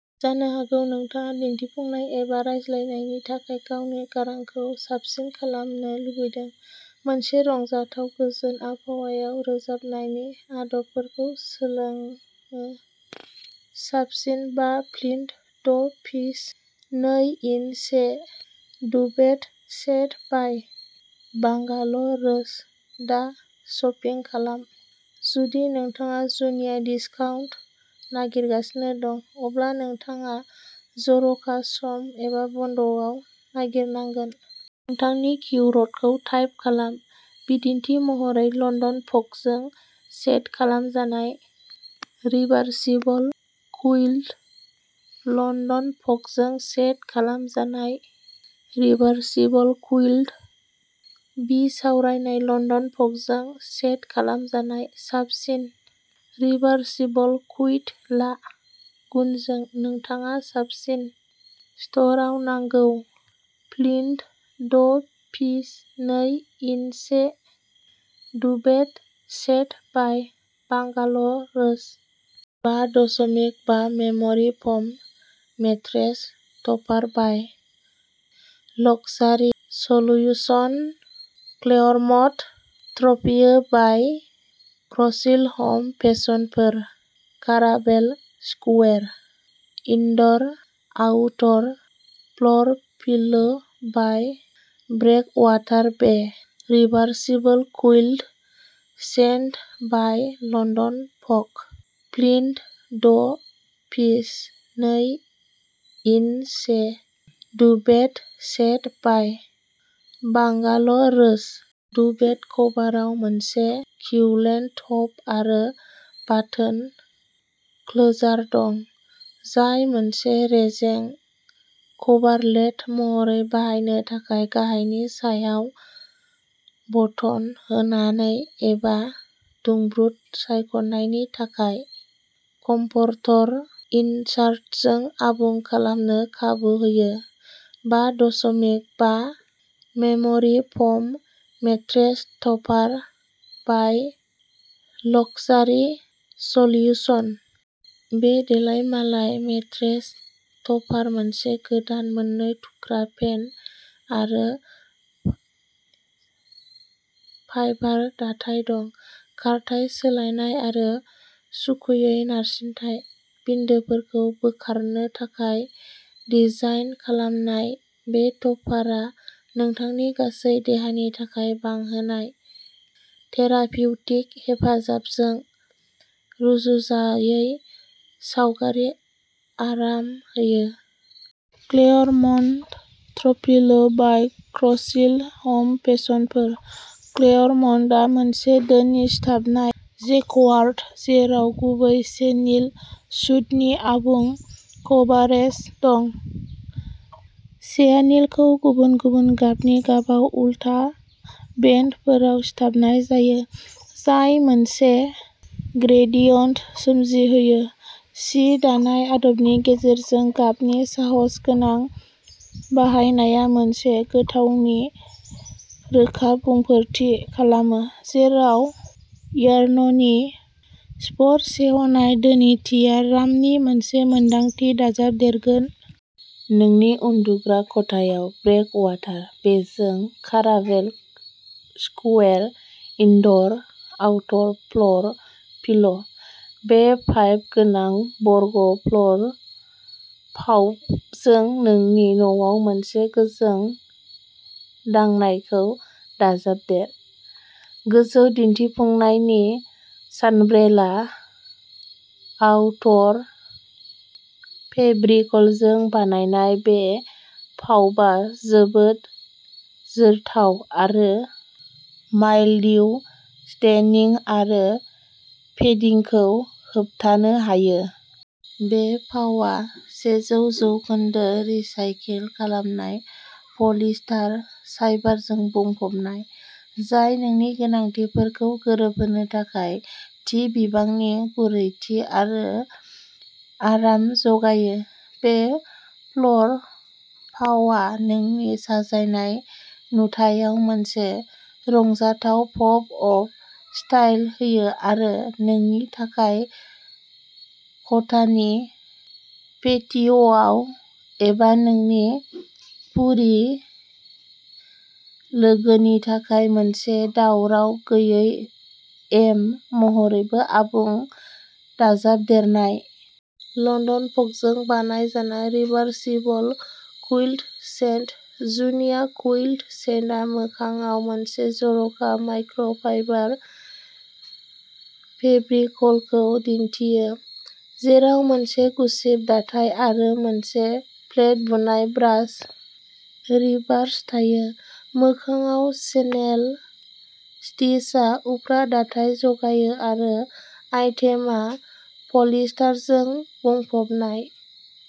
जानो हागौ नोंथाङा दिन्थिफुंनाय एबा रायज्लायनायनि थाखाय गावनि गारांखौ साबसिन खालामनो लुबैदों? मोनसे रंजाथाव, गोजोन आबहावायाव रोजाबनायनि आदबफोरखौ सोलों। साबसिन बा फ्लिन्ट द' पिस नै-इन-से डुभेट सेट बाइ बांगाल'रोज। दा शपिं खालाम! जुदि नोंथाङा जुनिया डिस्काउन्ट नागिरगासिनो दं, अब्ला नोंथाङा जर'खा सम एबा बन्द' आव नागिरनांगोन। नोंथांनि किवर्डखौ टाइप खालाम, बिदिन्थि महरै, लण्डन फगजों सेट खालामजानाय रिभार्सिबल कुइल्ट। लन्दन फगजों सेट खालामजानाय रिभार्सिबल कुइल्ट। बिसावरायनाय लन्दन फगजों सेट खालामजानाय साबसिन रिभार्सिबल कुइल्ट ला। गुनजों। नोंथाङा साबसिन स्ट'रआव नांगौ। फ्लिन्ट द' पिस नै-इन-से डुभेट सेट बाइ बांगाल'रोज। बा दसमिक बा memory foam mattress topper by luxury solutions. Claremont throw pillow by क्रसिल home fashion for. Caravel Square indoor outdoor floor pillow by Breakwater Bay. Reversible quilt set by London Fog. Flint the' piece नै-इन-से duvet set by बांगाल'रोज। Duvet कभारआव मोनसे quilted top आरो बाटोन closer दं, जाय मोनसे रेजें कभारलेट महरै बाहायनो थाखाय गाहायनि सायाव बटन होनानै एबा दुंब्रुद सायख'नायनि थाखाय कमफर्टर इनसार्टजों आबुं खालामनो खाबु होयो। बा दसमिक बा memory foam mattress topper by luxury solutions. बे देलायमालाय मेट्रेस टपाराव मोनसे गोदान मोननै थुख्रा फेन आरो फाइबार दाथाय दं। खारथाइ सोलायनाय आरो सुखुयै नारसिनथाय बिन्दोफोरखौ बोखारनो थाखाय डिजाइन खालामनाय बे टपारआ नोंथांनि गासै देहानि थाखाय बांहोनाय थेरापिउटिक हेफाजाबजों रुजुजायै गावारि आराम होयो। क्लेयरमन्ट थ्र'पिल्लो बाइ क्रससिल हम फेसनफोर। क्लेयरमन्टआ मोनसे धोनि सिथाबनाय जेक्वार्ड, जेराव गुरै चेनिल सूतनि आबुं कभारेज दं। चेआनिलखौ गुबुन गुबुन गाबनि गाबाव उलथा बेन्डफोराव सिथाबनाय जायो, जाय मोनसे ग्रेडियन्ट सोमजिहोयो। सि दानाय आदबनि गेजेरजों गाबनि साहसगोनां बाहायनाया मोनसे गोथावनि रोखा बुंफोरथि खालामो, जेराव यार्ननि स्पर्शेहनाय धोनिथिया रामनि मोनसे मोनदांथि दाजाबदेरगोन। नोंनि उन्दुग्रा खथायाव। ब्रेकवाटार बेजों Caravel Square indoor outdoor floor pillow'. बे पाइप गोनां बर्ग फ्ल'र पाउफजों नोंनि न'आव मोनसे गोजों दांनायखौ दाजाबदेर। गोजौ दिन्थिफुंनायनि सानब्रेला आउटर फेब्रिकजों बानायनाय बे पाउफआ जोबोद जोरथाव आरो माइल्डिउ स्टेनिं आरो फेदिंखौ होबथानो हायो। बे पाउआ सेजौ जौखोनदो रिसाइकेल खालामनाय पलिएस्टार फाइबारजों बुंफबनाय, जाय नोंनि गोनांथिफोरखौ गोरोबहोनो थाखाय थि बिबांनि गुरैथि आरो आराम जगायो। बे फ्ल'र पाउआ नोंनि साजायनाय नुथायाव मोनसे रंजाथाव पप अफ स्टाइल होयो आरो नोंनि थानाय खथानि पेटिय'आव एबा नोंनि फुर्रि लोगोनि थाखाय मोनसे दावराव गैयै एम महरैबो आबुं दाजाबदेरनाय। लण्डन फगजों बानायजानाय रिभार्सिबल कुइल्ट सेट। जुनिया कुइल्ट सेटआ मोखांआव मोनसे जर'खा माइक्र'फाइबार फेब्रिकलखौ दिन्थियो, जेराव मोनसे गुसेब दाथाय आरो मोनसे फ्लेट बुनाय ब्रास रिभार्स थायो। मोखांआव चेनेल स्तिचआ उफ्रा दाथाय जगायो आरो आइटेमआ पलिएस्टारजों बुंफबनाय।